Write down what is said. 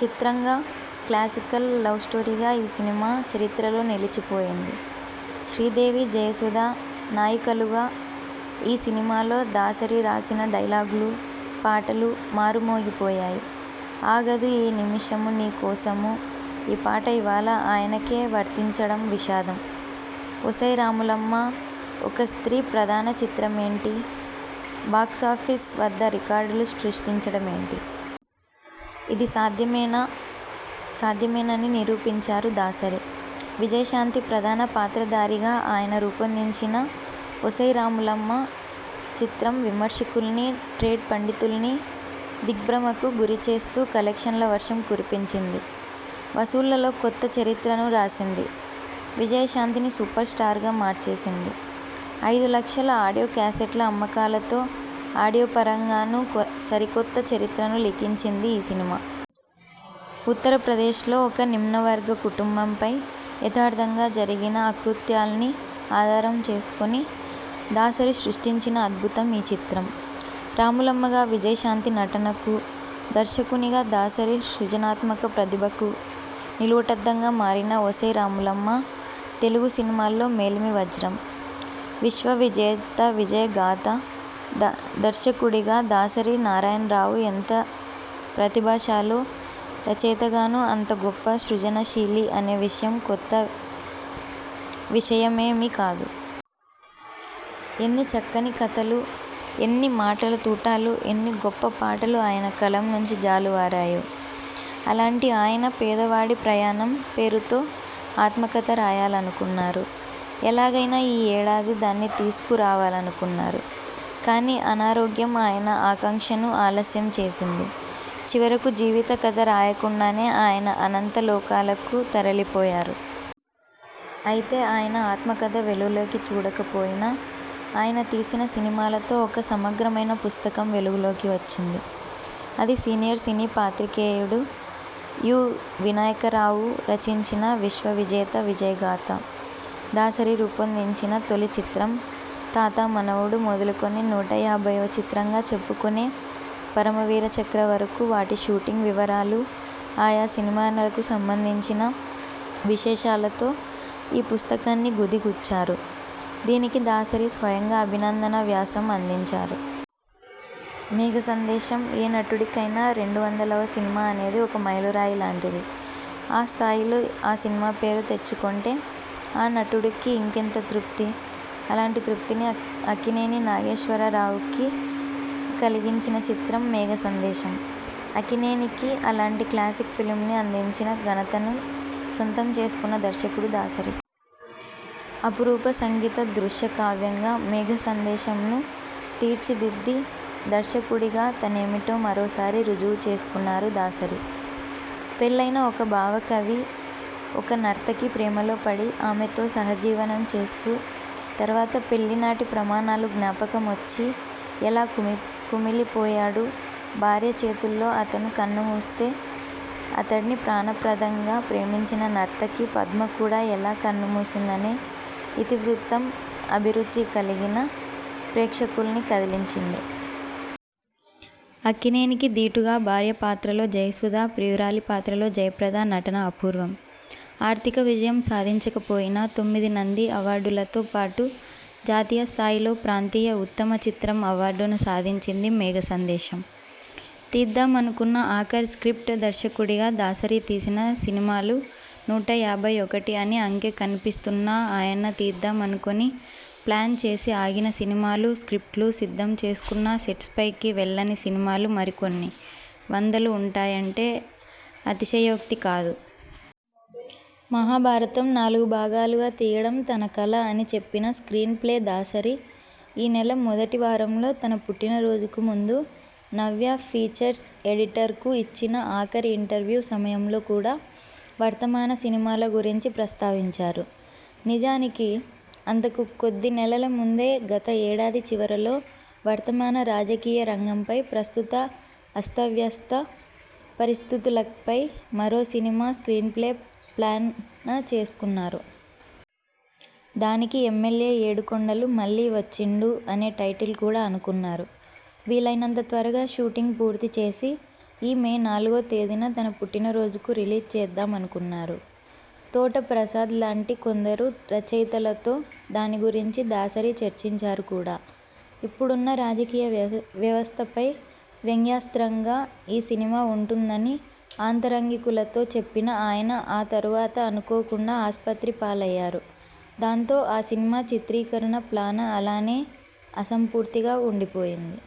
చిత్రంగా, క్లాసికల్ లవ్స్టోరీగా ఈ సినిమా చరిత్రలో నిలిచిపోయింది. శ్రీదేవి, జయసుధ నాయికలుగా ఈ సినిమాలో దాసరి రాసిన డైలాగులు, పాటలు మారుమోగి పోయాయి. 'ఆగదు ఏ నిమిషము నీ కోసమూ' పాట ఇవాళ ఆయనకే వర్తించడం విషాదం. ఒసేయ్ రాములమ్మా! ఒక స్త్రీ ప్రధాన చిత్రమేంటి బాక్సాఫీస్ వద్ద రికార్డులు సృష్టించడమేంటి? ఇది సాధ్యమేనా? సాధ్యమేనని నిరూపించారు దాసరి. విజయశాంతి ప్రధాన పాత్రధారిగా ఆయన రూపొందించిన 'ఒసేయ్ రాములమ్మా! ' చిత్రం విమర్శకుల్నీ, ట్రేడ్ పండితుల్నీ దిగ్భ్రమకు గురిచేస్తూ కలెక్షన్ల వర్షం కురిపించింది. వసూళ్లలో కొత్త చరిత్రను రాసింది. విజయశాంతిని సూపర్స్టార్గా మార్చేసింది. ఐదు లక్షల ఆడియో క్యాసెట్ల అమ్మకాలతో ఆడియోపరంగానూ సరికొత్త చరిత్రను లిఖించింది ఈ సినిమా. ఉత్తరప్రదేశ్ లో ఒక నిమ్నవర్గ కుటుంబంపై యథార్థంగా జరిగిన అకృత్యాల్ని ఆధారం చేసుకొని దాసరి సృష్టించిన అద్భుతం ఈ చిత్రం. రాములమ్మగా విజయశాంతి నటనకూ, దర్శకునిగా దాసరి సృజనాత్మక ప్రతిభకూ నిలువుటద్దంగా మారిన 'ఒసేయ్ రాములమ్మా! ' తెలుగు సినిమాల్లో మేలిమి వజ్రం. విశ్వవిజేత విజయగాథ దర్శకుడిగా దాసరి నారాయణరావు ఎంత ప్రతిభాశాలో, రచయితగానూ అంత గొప్ప సృజనశీలి అనే విషయం కొత్త విషయమేమీ కాదు. ఎన్ని చక్కని కథలు, ఎన్ని మాటల తూటాలు, ఎన్ని గొప్ప పాటలు ఆయన కలం నుంచి జాలువారాయో! అలాంటి ఆయన 'పేదవాడి ప్రయాణం' పేరుతో ఆత్మకథ రాయాలనుకున్నారు. ఎలాగైనా ఈ ఏడాది దాన్ని తీసుకు రావాలనుకున్నారు. కానీ అనారోగ్యం ఆయన ఆకాంక్షను ఆలస్యం చేసింది. చివరకు జీవిత కథ రాయకుండానే ఆయన అనంత లోకాలకు తరలిపోయారు. అయితే ఆయన ఆత్మకథ వెలుగు చూడకపోయినా, ఆయన తీసిన సినిమాలతో ఒక సమగ్రమైన పుస్తకం వెలుగులోకి వచ్చింది. అది సీనియర్ సినీ పాత్రికేయుడు యు. వినాయకరావు రచించిన 'విశ్వవిజేత విజయగాథ'. దాసరి రూపొందించిన తొలి చిత్రం 'తాత మనవడు' మొదలుకొని, నూట యాభైవ చిత్రంగా చెప్పుకొనే 'పరమవీరచక్ర' వరకూ, వాటి షూటింగ్ వివరాలు, ఆయా సినిమాలకు సంబంధించిన విశేషాలతో ఈ పుస్తకాన్ని గుదిగుచ్చారు దీనికి దాసరి స్వయంగా అభినందన వ్యాసం అందించారు. మేఘసందేశం ఏ నటుడికైనా రెండు వందలవ సినిమా అనేది ఒక మైలురాయి లాంటిది ఆ స్థాయిలో ఆ సినిమా పేరు తెచ్చుకొంటే ఆ నటుడికి ఇంకెంత తృప్తి. అలాంటి తృప్తిని అక్కినేని నాగేశ్వరరావుకు కలిగించిన చిత్రం 'మేఘసందేశం'. అక్కినేనికి అలాంటి క్లాసిక్ ఫిల్మ్ను అందించిన ఘనతను సొంతం చేసుకున్న దర్శకుడు దాసరి. అపురూప సంగీత దృశ్యకావ్యంగా 'మేఘసందేశం'ను తీర్చిదిద్ది దర్శకుడిగా తనేమిటో మరోసారి రుజువు చేసుకున్నారు దాసరి. పెళ్లయిన ఒక భావకవి ఒక నర్తకి ప్రేమలో పడి, ఆమెతో సహజీవనం చేస్తూ, తర్వాత పెళ్లినాటి ప్రమాణాలు జ్ఞాపకమొచ్చి ఎలా కుమిలిపోయాడు, భార్య చేతుల్లో అతను కనుమూస్తే, అతడ్ని ప్రాణప్రదంగా ప్రేమించిన నర్తకి పద్మ కూడా ఎలా కన్నుమూసిందనే ఇతివృత్తం అభిరుచి కలిగిన ప్రేక్షకుల్ని కదిలించింది. అక్కినేనికి దీటుగా భార్య పాత్రలో జయసుధ, ప్రియురాలి పాత్రలో జయప్రద నటన అపూర్వం. ఆర్థిక విజయం సాధించకపోయినా, తొమ్మిది నంది అవార్డులతో పాటు జాతీయ స్థాయిలో ప్రాంతీయ ఉత్తమ చిత్రం అవార్డును సాధించింది 'మేఘసందేశం'. తీద్దామనుకున్న ఆఖరి స్క్రిప్ట్ దర్శకుడిగా దాసరి తీసిన సినిమాలు నూటయాభై ఒకటి అని అంకె కనిపిస్తున్నాఆయన తీద్దామనుకొని, ప్లాన్ చేసి ఆగిన సినిమాలు, స్క్రిప్ట్లు సిద్ధం చేసుకున్నా సెట్స్ పైకి వెళ్ళని సినిమాలు మరికొన్ని వందలు ఉంటాయంటే అతిశయోక్తి కాదు. మహాభారతం నాలుగు భాగాలుగా తీయడం తన కల అని చెప్పిన స్క్రీన్ ప్లే దాసరి ఈ నెల మొదటి వారంలో తన పుట్టినరోజుకు ముందు నవ్య ఫీచర్స్ ఎడిటర్ కు ఇచ్చిన ఆఖరి ఇంటర్వ్యూ సమయంలో కూడా వర్తమాన సినిమాల గురించి ప్రస్తావించారు. నిజానికి, అంతకు కొద్ది నెలల ముందే గత ఏడాది చివరలో వర్తమాన రాజకీయ రంగంపై, ప్రస్తుత అస్తవ్యస్త పరిస్థితులపై మరో సినిమా స్క్రీన్ ప్లే ప్లాన చేసుకున్నారు. దానికి ఎమ్మెల్యే ఏడుకొండలు మళ్ళీ వచ్చిండు అనే టైటిల్ కూడా అనుకున్నారు. వీలైనంత త్వరగా షూటింగ్ పూర్తి చేసి, ఈ మే నాలుగో తేదీన తన పుట్టినరోజుకు రిలీజ్ చేద్దామనుకున్నారు. తోట ప్రసాద్ లాంటి కొందరు రచయితలతో దాని గురించి దాసరి చర్చించారు కూడా. ఇప్పుడున్న రాజకీయ వ్యవస్థపై వ్యంగ్యాస్త్రంగా ఈ సినిమా ఉంటుందని ఆంతరంగికులతో చెప్పిన ఆయన ఆ తరువాత అనుకోకుండా ఆసుపత్రి పాలయ్యారు. దాంతో, ఆ సినిమా చిత్రీకరణ ప్లాన అలానే అసంపూర్తిగా ఉండిపోయింది.